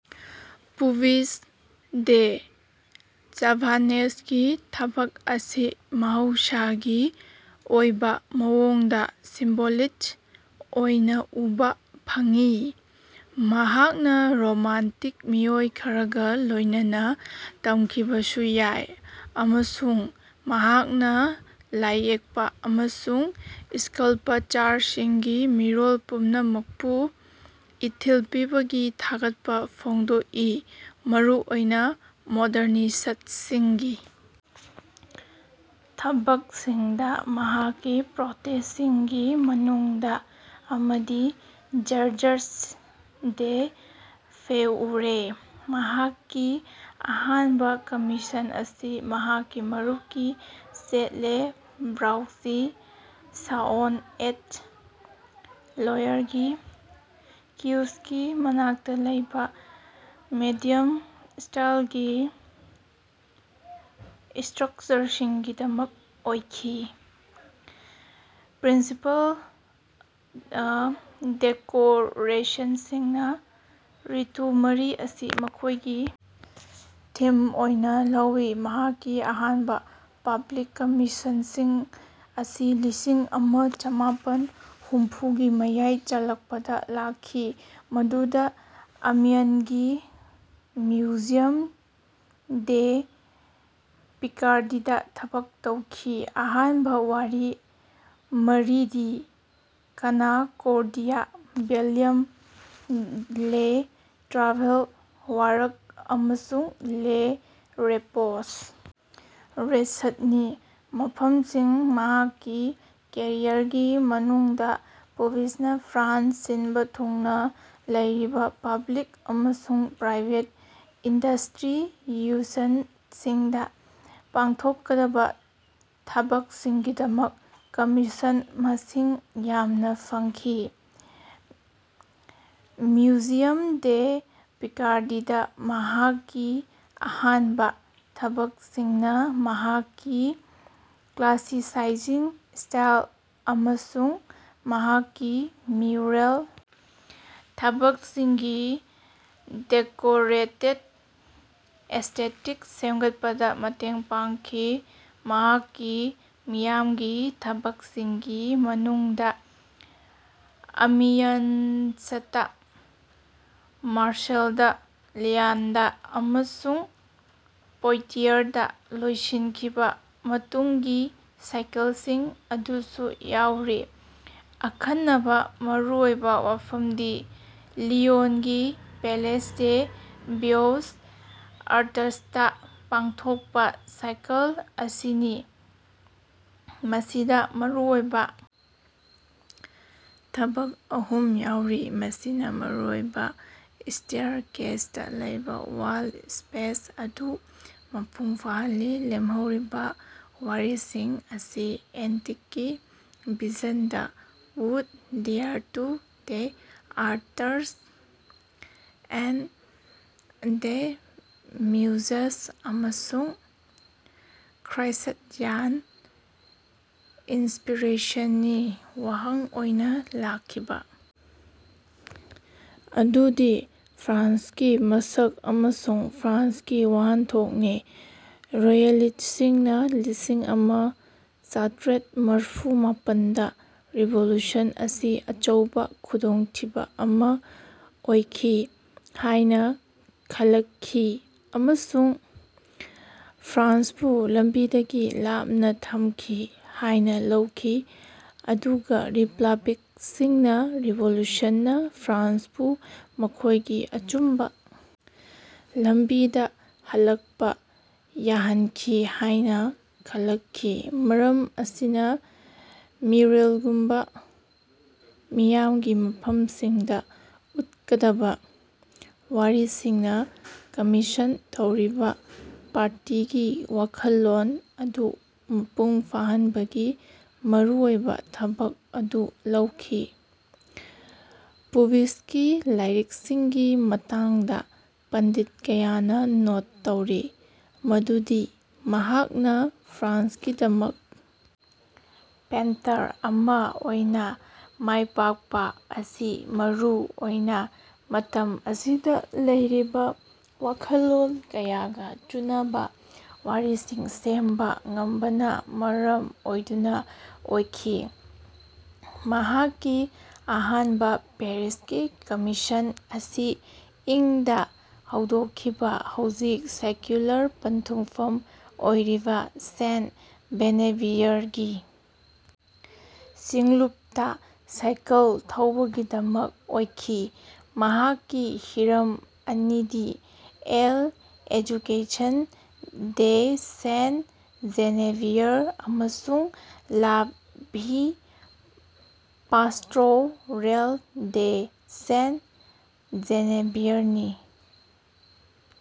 ꯄꯨꯚꯤꯁ ꯗꯦ ꯆꯥꯚꯥꯅꯦꯁꯀꯤ ꯊꯕꯛ ꯑꯁꯤ ꯃꯍꯧꯁꯥꯒꯤ ꯑꯣꯏꯕ ꯃꯑꯣꯡꯗ ꯁꯤꯝꯕꯣꯂꯤꯁ꯭ꯠ ꯑꯣꯏꯅ ꯎꯕꯥ ꯐꯪꯏ ꯃꯍꯥꯛꯅꯥ ꯔꯣꯃꯥꯟꯇꯤꯛ ꯃꯤꯑꯣꯏ ꯈꯔꯒꯥ ꯂꯣꯏꯅꯅꯥ ꯇꯝꯈꯤꯕꯁꯨ ꯌꯥꯏ ꯑꯃꯁꯨꯡ ꯃꯍꯥꯛꯅꯥ ꯂꯥꯏꯌꯦꯛꯄ ꯑꯃꯁꯨꯡ ꯁ꯭ꯀꯜꯄꯆꯥꯔꯁꯤꯡꯒꯤ ꯃꯤꯔꯣꯜ ꯄꯨꯝꯅꯃꯛꯄꯨ ꯏꯊꯤꯜ ꯄꯤꯕꯒꯤ ꯊꯥꯒꯠꯄꯥ ꯐꯣꯡꯗꯣꯛꯏ ꯃꯔꯨ ꯑꯣꯏꯅꯥ ꯃꯣꯗꯔꯅꯤꯁ꯭ꯠꯁꯤꯡꯒꯤ ꯊꯕꯛꯁꯤꯡꯗꯥ ꯃꯍꯥꯛꯀꯤ ꯄ꯭ꯔꯣꯇꯦꯖꯁꯤꯡꯒꯤ ꯃꯅꯨꯡꯗ ꯑꯃꯗꯤ ꯖꯔꯖꯁ ꯗꯦ ꯐꯦꯎꯔꯦ꯫ ꯃꯍꯥꯛꯀꯤ ꯑꯍꯥꯟꯕ ꯀꯃꯤꯁꯟ ꯑꯁꯤ ꯃꯍꯥꯛꯀꯤ ꯃꯔꯨꯞꯀꯤ ꯆꯦꯠ ꯂꯦ ꯕ꯭ꯔꯥꯎꯆꯤ ꯁꯥꯑꯣꯟ ꯑꯦꯠ ꯂꯣꯌꯔꯒꯤ ꯀ꯭ꯌꯨꯏꯖꯒꯤ ꯃꯅꯥꯛꯇꯥ ꯂꯩꯕꯥ ꯃꯦꯗꯤꯌꯝ ꯁ꯭ꯇꯥꯏꯜꯒꯤ ꯁ꯭ꯇꯔꯛꯆꯔꯒꯤꯗꯃꯛ ꯑꯣꯏꯈꯤ꯫ ꯄ꯭ꯔꯤꯟꯁꯤꯄꯥꯜ ꯗꯦꯀꯣꯔꯦꯁꯟꯁꯤꯡꯅꯥ ꯔꯤꯇꯨ ꯃꯔꯤ ꯑꯁꯤ ꯃꯈꯣꯏꯒꯤ ꯊꯤꯝ ꯑꯣꯏꯅꯥ ꯂꯧꯏ꯫ ꯃꯍꯥꯛꯀꯤ ꯑꯍꯥꯟꯕꯥ ꯄꯕ꯭ꯂꯤꯛ ꯀꯃꯤꯁꯟꯁꯤꯡ ꯑꯁꯤ ꯂꯤꯁꯤꯡ ꯑꯃ ꯆꯃꯥꯄꯟ ꯍꯨꯝꯐꯨꯒꯤ ꯃꯌꯥꯏ ꯆꯜꯂꯛꯄꯗꯥ ꯂꯥꯛꯈꯤ ꯃꯗꯨꯗꯥ ꯑꯃꯤꯌꯟꯒꯤ ꯃ꯭ꯌꯨꯖꯤꯌꯝ ꯗꯦ ꯄꯤꯀꯥꯔꯗꯤꯗꯥ ꯊꯕꯛ ꯇꯧꯈꯤ꯫ ꯑꯍꯥꯟꯕ ꯋꯥꯔꯤ ꯃꯔꯤꯗꯤ ꯀꯅꯀꯣꯔꯗꯤꯌꯥ ꯕꯦꯜꯂꯝ ꯂꯦ ꯇ꯭ꯔꯥꯚꯦꯜ ꯋꯥꯔꯛ ꯑꯃꯁꯨꯡ ꯂꯦ ꯔꯦꯄꯣꯁ ꯔꯦꯁ꯭ꯠ ꯅꯤ꯫ ꯃꯐꯝꯁꯤꯡ ꯃꯍꯥꯛꯀꯤ ꯀꯦꯔꯤꯌꯔꯒꯤ ꯃꯅꯨꯡꯗ ꯄꯨꯚꯤꯁꯅꯥ ꯐ꯭ꯔꯥꯟꯁ ꯁꯤꯟꯕ ꯊꯨꯡꯅꯥ ꯂꯩꯔꯤꯕ ꯄꯕ꯭ꯂꯤꯛ ꯑꯃꯁꯨꯡ ꯄ꯭ꯔꯥꯏꯕꯦꯠ ꯏꯟꯁꯇꯤꯇ꯭ꯌꯨꯁꯟꯁꯤꯡꯗꯥ ꯄꯥꯡꯊꯣꯛꯀꯗꯕꯥ ꯊꯥꯕꯛꯁꯤꯡꯒꯤꯗꯃꯛ ꯀꯝꯃꯤꯁꯟ ꯃꯁꯤꯡ ꯌꯥꯝꯅꯥ ꯐꯪꯈꯤ꯫ ꯃ꯭ꯌꯨꯖꯤꯌꯝ ꯗꯦ ꯄꯤꯀꯥꯔꯗꯤꯗꯥ ꯃꯍꯥꯛꯀꯤ ꯑꯍꯥꯟꯕ ꯊꯕꯛꯁꯤꯡꯅꯥ ꯃꯍꯥꯛꯀꯤ ꯀ꯭ꯂꯥꯁꯤꯁꯥꯏꯖꯤꯡ ꯁ꯭ꯇꯥꯏꯜ ꯑꯃꯁꯨꯡ ꯃꯍꯥꯛꯀꯤ ꯃ꯭ꯌꯨꯔꯦꯜ ꯊꯕꯛꯁꯤꯡꯒꯤ ꯗꯦꯀꯣꯔꯦꯇꯦꯗ ꯑꯦꯁ꯭ꯇꯦꯇꯤꯛ ꯁꯦꯝꯒꯠꯄꯗꯥ ꯃꯇꯦꯡ ꯄꯥꯡꯈꯤ꯫ ꯃꯍꯥꯛꯀꯤ ꯃꯤꯌꯥꯝꯒꯤ ꯊꯕꯛꯁꯤꯡꯒꯤ ꯃꯅꯨꯡꯗ ꯑꯃꯤꯌꯟꯁꯇꯥ ꯃꯥꯔꯁꯦꯜꯗꯥ ꯂꯤꯌꯟꯗꯥ ꯑꯃꯁꯨꯡ ꯄꯣꯏꯇꯤꯌꯔꯗꯥ ꯂꯣꯏꯁꯤꯟꯈꯤꯕ ꯃꯇꯨꯡꯒꯤ ꯁꯥꯏꯀꯜꯁꯤꯡ ꯑꯗꯨꯁꯨ ꯌꯥꯎꯔꯤ꯫ ꯑꯈꯟꯅꯕ ꯃꯔꯨꯑꯣꯏꯕ ꯋꯥꯐꯝꯗꯤ ꯂꯤꯌꯣꯟꯒꯤ ꯄꯦꯂꯦꯁ ꯗꯦ ꯕꯤꯎꯁ ꯑꯥꯔꯇꯁꯇꯥ ꯄꯥꯡꯊꯣꯛꯄꯥ ꯁꯥꯏꯀꯜ ꯑꯁꯤꯅꯤ ꯃꯁꯤꯗꯥ ꯃꯔꯨꯑꯣꯏꯕ ꯊꯕꯛ ꯑꯍꯨꯝ ꯌꯥꯎꯔꯤ ꯃꯁꯤꯅꯥ ꯃꯔꯨꯑꯣꯏꯕ ꯁ꯭ꯇꯦꯔꯀꯦꯁꯇꯥ ꯂꯩꯕꯥ ꯋꯥꯜ ꯁ꯭ꯄꯦꯁ ꯑꯗꯨ ꯃꯄꯨꯡ ꯐꯥꯍꯜꯂꯤ꯫ ꯂꯦꯝꯍꯧꯔꯤꯕ ꯋꯥꯔꯤꯁꯤꯡ ꯑꯁꯤ ꯑꯦꯟꯇꯤꯛꯀꯤ vision the wood dear to the arts and the muses ꯑꯃꯁꯨꯡ ꯈ꯭ꯔ꯭ꯏꯁ꯭ꯠꯌꯥꯟ ꯏꯟꯁꯄꯤꯔꯦꯁꯟ ꯅꯤ꯫ ꯋꯥꯍꯪ ꯑꯣꯏꯅꯥ ꯂꯥꯛꯈꯤꯕ ꯑꯗꯨꯗꯤ ꯐ꯭ꯔꯥꯟꯁꯀꯤ ꯃꯁꯛ ꯑꯃꯁꯨꯡ ꯐ꯭ꯔꯥꯟꯁꯀꯤ ꯋꯥꯍꯟꯊꯣꯛꯅꯤ꯫ ꯔꯣꯌꯦꯂꯤꯁ꯭ꯠꯁꯤꯡꯅꯥ ꯂꯤꯁꯤꯡ ꯑꯃ ꯆꯥꯇ꯭ꯔꯦꯠ ꯃꯔꯐꯨ ꯃꯥꯄꯟꯗ ꯔꯤꯚꯣꯂꯨꯁꯟ ꯑꯁꯤ ꯑꯆꯧꯕ ꯈꯨꯗꯣꯡꯊꯤꯕ ꯑꯃꯥ ꯑꯣꯏꯈꯤ ꯍꯥꯏꯅꯥ ꯈꯜꯂꯛꯈꯤ ꯑꯃꯁꯨꯡ ꯐ꯭ꯔꯥꯟꯁꯄꯨ ꯂꯝꯕꯤꯗꯒꯤ ꯂꯥꯞꯅꯥ ꯊꯝꯈꯤ ꯍꯥꯏꯅꯥ ꯂꯧꯈꯤ ꯑꯗꯨꯒꯥ ꯔꯤꯄꯕ꯭ꯂꯤꯛꯁꯤꯡꯅꯥ ꯔꯤꯚꯣꯂꯨꯁꯟꯅꯥ ꯐ꯭ꯔꯥꯟꯁꯄꯨ ꯃꯈꯣꯏꯒꯤ ꯑꯆꯨꯝꯕ ꯂꯝꯕꯤꯗꯥ ꯍꯜꯂꯛꯄꯥ ꯌꯥꯍꯟꯈꯤ ꯍꯥꯏꯅꯥ ꯈꯜꯂꯛꯈꯤ꯫ ꯃꯔꯝ ꯑꯁꯤꯅꯥ ꯃ꯭ꯌꯨꯔꯦꯜꯒꯨꯝꯕ ꯃꯤꯌꯥꯝꯒꯤ ꯃꯐꯝꯁꯤꯡꯗꯥ ꯎꯠꯀꯗꯕꯥ ꯋꯥꯔꯤꯁꯤꯡꯅꯥ ꯀꯝꯃꯤꯁꯟ ꯇꯧꯔꯤꯕꯥ ꯄꯥꯔꯇꯤꯒꯤ ꯋꯥꯈꯜꯂꯣꯟ ꯑꯗꯨ ꯃꯄꯨꯡ ꯐꯥꯍꯟꯕꯒꯤ ꯃꯔꯨꯑꯣꯏꯕ ꯊꯕꯛ ꯑꯗꯨ ꯂꯩꯈꯤ꯫ ꯄꯨꯚꯤꯁꯀꯤ ꯂꯥꯏꯔꯤꯛꯁꯤꯡꯒꯤ ꯃꯇꯥꯡꯗ ꯄꯟꯗꯤꯠ ꯀꯌꯥꯅꯥ ꯅꯣꯠ ꯇꯧꯔꯤ ꯃꯗꯨꯗꯤ ꯃꯍꯥꯛꯅꯥ ꯐ꯭ꯔꯥꯟꯁꯀꯤꯗꯃꯛ ꯄꯦꯟꯇꯔ ꯑꯃꯥ ꯑꯣꯏꯅꯥ ꯃꯥꯏꯄꯥꯛꯄꯥ ꯑꯁꯤ ꯃꯔꯨ ꯑꯣꯏꯅꯥ ꯃꯇꯝ ꯑꯁꯤꯗꯥ ꯂꯩꯔꯤꯕꯥ ꯋꯥꯈꯜꯂꯣꯟ ꯀꯌꯥꯒꯥ ꯆꯨꯅꯕ ꯋꯥꯔꯤꯁꯤꯡ ꯁꯦꯝꯕ ꯉꯝꯕꯅꯥ ꯃꯔꯝ ꯑꯣꯏꯗꯨꯅꯥ ꯑꯣꯏꯈꯤ꯫ ꯃꯍꯥꯛꯀꯤ ꯑꯍꯥꯟꯕ ꯄꯦꯔꯤꯁꯀꯤ ꯀꯃꯤꯁꯟ ꯑꯁꯤ ꯏꯪ ꯗꯥ ꯍꯧꯗꯣꯛꯈꯤꯕ ꯍꯧꯖꯤꯛ ꯁꯦꯀ꯭ꯌꯨꯂꯔ ꯄꯟꯊꯨꯡꯐꯝ ꯑꯣꯏꯔꯤꯕ ꯁꯦꯟꯠ ꯖꯦꯅꯦꯚꯤꯌꯔꯒꯤ ꯁꯤꯡꯂꯨꯄꯇꯥ ꯁꯥꯏꯀꯜ ꯊꯧꯕꯒꯤꯗꯃꯛ ꯑꯣꯏꯈꯤ꯫ ꯃꯍꯥꯛꯀꯤ ꯍꯤꯔꯝ ꯑꯅꯤꯗꯤ ꯑꯦꯜ ꯑꯦꯖꯨꯀꯦꯁꯟ ꯗꯦ ꯁꯦꯟꯠ ꯖꯦꯅꯦꯚꯤꯌꯔ ꯑꯃꯁꯨꯡ ꯂꯥ ꯚꯤ ꯄꯥꯁ꯭ꯇꯣꯔꯦꯜ ꯗꯦ ꯁꯦꯟꯇ ꯖꯦꯅꯦꯚꯤꯌꯔꯅꯤ꯫